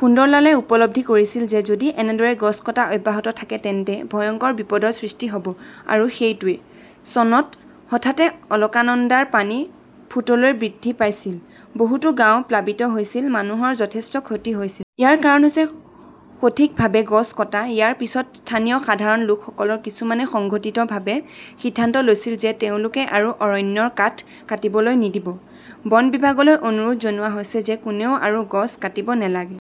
সুন্দৰলালে উপলব্ধি কৰিছিল যে যদি এনেদৰে গছ কটা অব্যাহত থাকে, তেন্তে ভয়ংকৰ বিপদৰ সৃষ্টি হ 'ব। আৰু সেইটোৱেই। চনত হঠাতে অলকানন্দাৰ পানী ফুটলৈ বৃদ্ধি পাইছিল। বহুতো গাঁও প্লাবিত হৈছিল। মানুহৰ যথেষ্ট ক্ষতি হৈছে। ইয়াৰ কাৰণ হৈছে সঠিকভাৱে গছ কটা। ইয়াৰ পিছত স্থানীয় সাধাৰণ লোকসকলৰ কিছুমানে সংগঠিতভাৱে সিদ্ধান্ত লৈছিল যে তেওঁলোকে আৰু অৰণ্যৰ কাঠ কাটিবলৈ নিদিব। বন বিভাগলৈ অনুৰোধ জনোৱা হৈছে যে কোনেও আৰু গছ কাটিব নালাগে।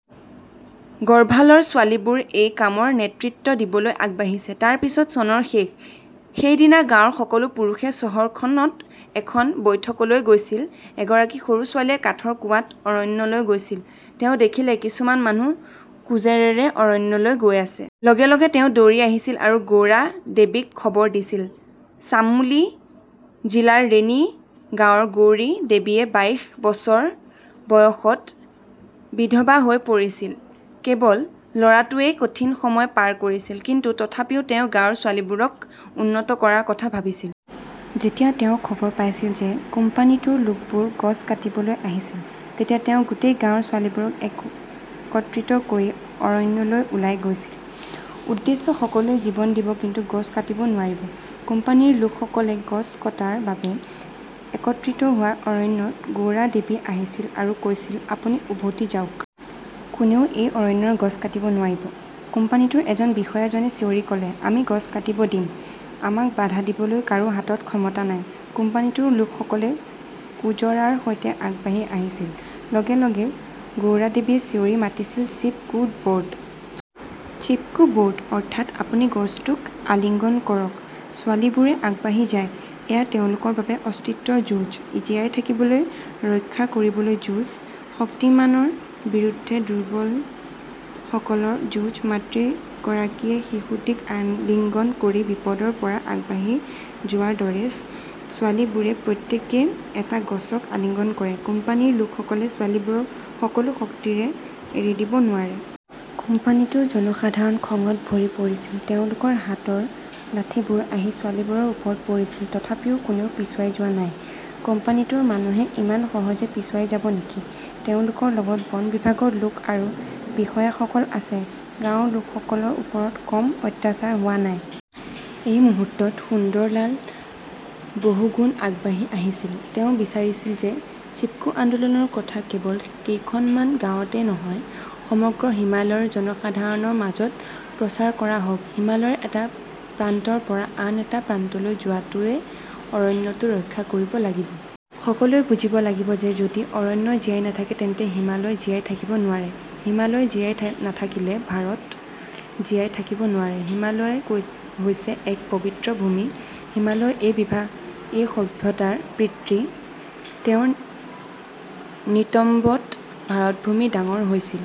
গৰ্ভালৰ ছোৱালীবোৰে এই কামৰ নেতৃত্ব দিবলৈ আগবাঢ়িছে। তাৰ পিছত চনৰ শেষ। সেইদিনা গাঁৱৰ সকলো পুৰুষে চহৰখনত এখন বৈঠকলৈ গৈছিল। এগৰাকী সৰু ছোৱালী কাঠৰ কুঁৱাত অৰণ্যলৈ গৈছিল। তেওঁ দেখিলে কিছুমান মানুহ কুঁজৰেৰে অৰণ্যলৈ গৈ আছে। লগে - লগে তেওঁ দৌৰি আহিছিল আৰু গৌৰা দেৱীক খবৰ দিছিল। চামোলি জিলাৰ ৰেনী গাঁৱৰ গৌৰা দেৱীয়ে বাইশ বছৰ বয়সত বিধৱা হৈ পৰিছিল। কেৱল ল'ৰাটোৱেই কঠিন সময় পাৰ কৰিছিল, কিন্তু তথাপিও তেওঁ গাঁৱৰ ছোৱালীবোৰক উন্নত কৰাৰ কথা ভাবিছিল। যেতিয়া তেওঁ খবৰ পাইছিল যে কোম্পানীটোৰ লোকবোৰ গছ কাটিবলৈ আহিছিল, তেতিয়া তেওঁ গোটেই গাঁৱৰ ছোৱালীবোৰক একত্ৰিত কৰি অৰণ্যলৈ ওলাই গৈছিল। উদ্দেশ্য সকলোৱে জীৱন দিব কিন্তু গছ কাটিব নোৱাৰিব। কোম্পানীৰ লোকসকলে গছ কটাৰ বাবে একত্ৰিত হোৱা অৰণ্যত গৌৰা দেৱী আহিছিল আৰু কৈছিল, আপুনি উভতি যাওক। কোনেও এই অৰণ্যৰ গছ কাটিব নোৱাৰিব। কোম্পানীটোৰ এজন বিষয়াজনে চিঞৰি ক'লে আমি গছ কাটি দিম। আমাক বাধা দিবলৈ কাৰো হাতত ক্ষমতা নাই। কোম্পানীটোৰ লোকসকলে কুঁজৰাৰ সৈতে আগবাঢ়ি আহিছিল। লগে লগে গৌৰাদেৱীয়ে চিঞৰি মাতিছিল-চিপ কো বৰ্ড। চিপ কো বৰ্ড। অৰ্থাৎ, আপুনি গছটোক আলিঙ্গন কৰক। ছোৱালীবোৰে আগবাঢ়ি যায়। এয়া তেওঁলোকৰ বাবে অস্তিত্বৰ যুঁজ। জীয়াই থাকিবলৈ, ৰক্ষা কৰিবলৈ যুঁজ। শক্তিমানৰ বিৰুদ্ধে দুৰ্বলসকলৰ যুঁজ। মাতৃগৰাকীয়ে শিশুটিক আলিঙ্গন কৰি বিপদৰ পৰা আগবাঢ়ি যোৱাৰ দৰে, ছোৱালীবোৰে প্ৰত্যেকেই এটা গছক আলিঙ্গন কৰে, কোম্পানীৰ লোকসকলে ছোৱালীবোৰক সকলো শক্তিৰে এৰি দিব নোৱাৰে। কোম্পানীটোৰ জনসাধাৰণ খঙত ভৰি পৰিছিল। তেওঁলোকৰ হাতৰ লাঠিবোৰ আহি ছোৱালীবোৰৰ ওপৰত পৰিছিল। তথাপিও কোনেও পিছুৱাই যোৱা নাই। কোম্পানীটোৰ মানুহে ইমান সহজে পিছুৱাই যাব নেকি? তেওঁলোকৰ লগত বন বিভাগৰ লোক আৰু বিষয়াসকল আছে। গাঁৱৰ লোকসকলৰ ওপৰত কম অত্যাচাৰ হোৱা নাই। এই মুহূৰ্তত সুন্দৰলাল বহুগুণ আগবাঢ়ি আহিছিল। তেওঁ বিচাৰিছিল যে চিপকো আন্দোলনৰ কথা কেৱল কেইখনমান গাঁৱতে নহয়, সমগ্ৰ হিমালয়ৰ জনসাধাৰণৰ মাজত প্ৰচাৰ কৰা হওক। হিমালয়ৰ এটা প্ৰান্তৰ পৰা আন এটা প্ৰান্তলৈ যোৱাটোৱে অৰণ্যটো ৰক্ষা কৰিব লাগিব। সকলোৱে বুজিব লাগিব যে যদি অৰণ্য জীয়াই নাথাকে তেন্তে হিমালয় জীয়াই থাকিব নোৱাৰে। হিমালয় জীয়াই নাথাকিলে ভাৰত জীয়াই থাকিব নোৱাৰে। হিমালয় হৈছে এক পবিত্ৰ ভূমি। হিমালয় এই সভ্যতাৰ পিতৃ। তেওঁৰ নিতম্বত ভাৰতভূমি ডাঙৰ হৈছিল।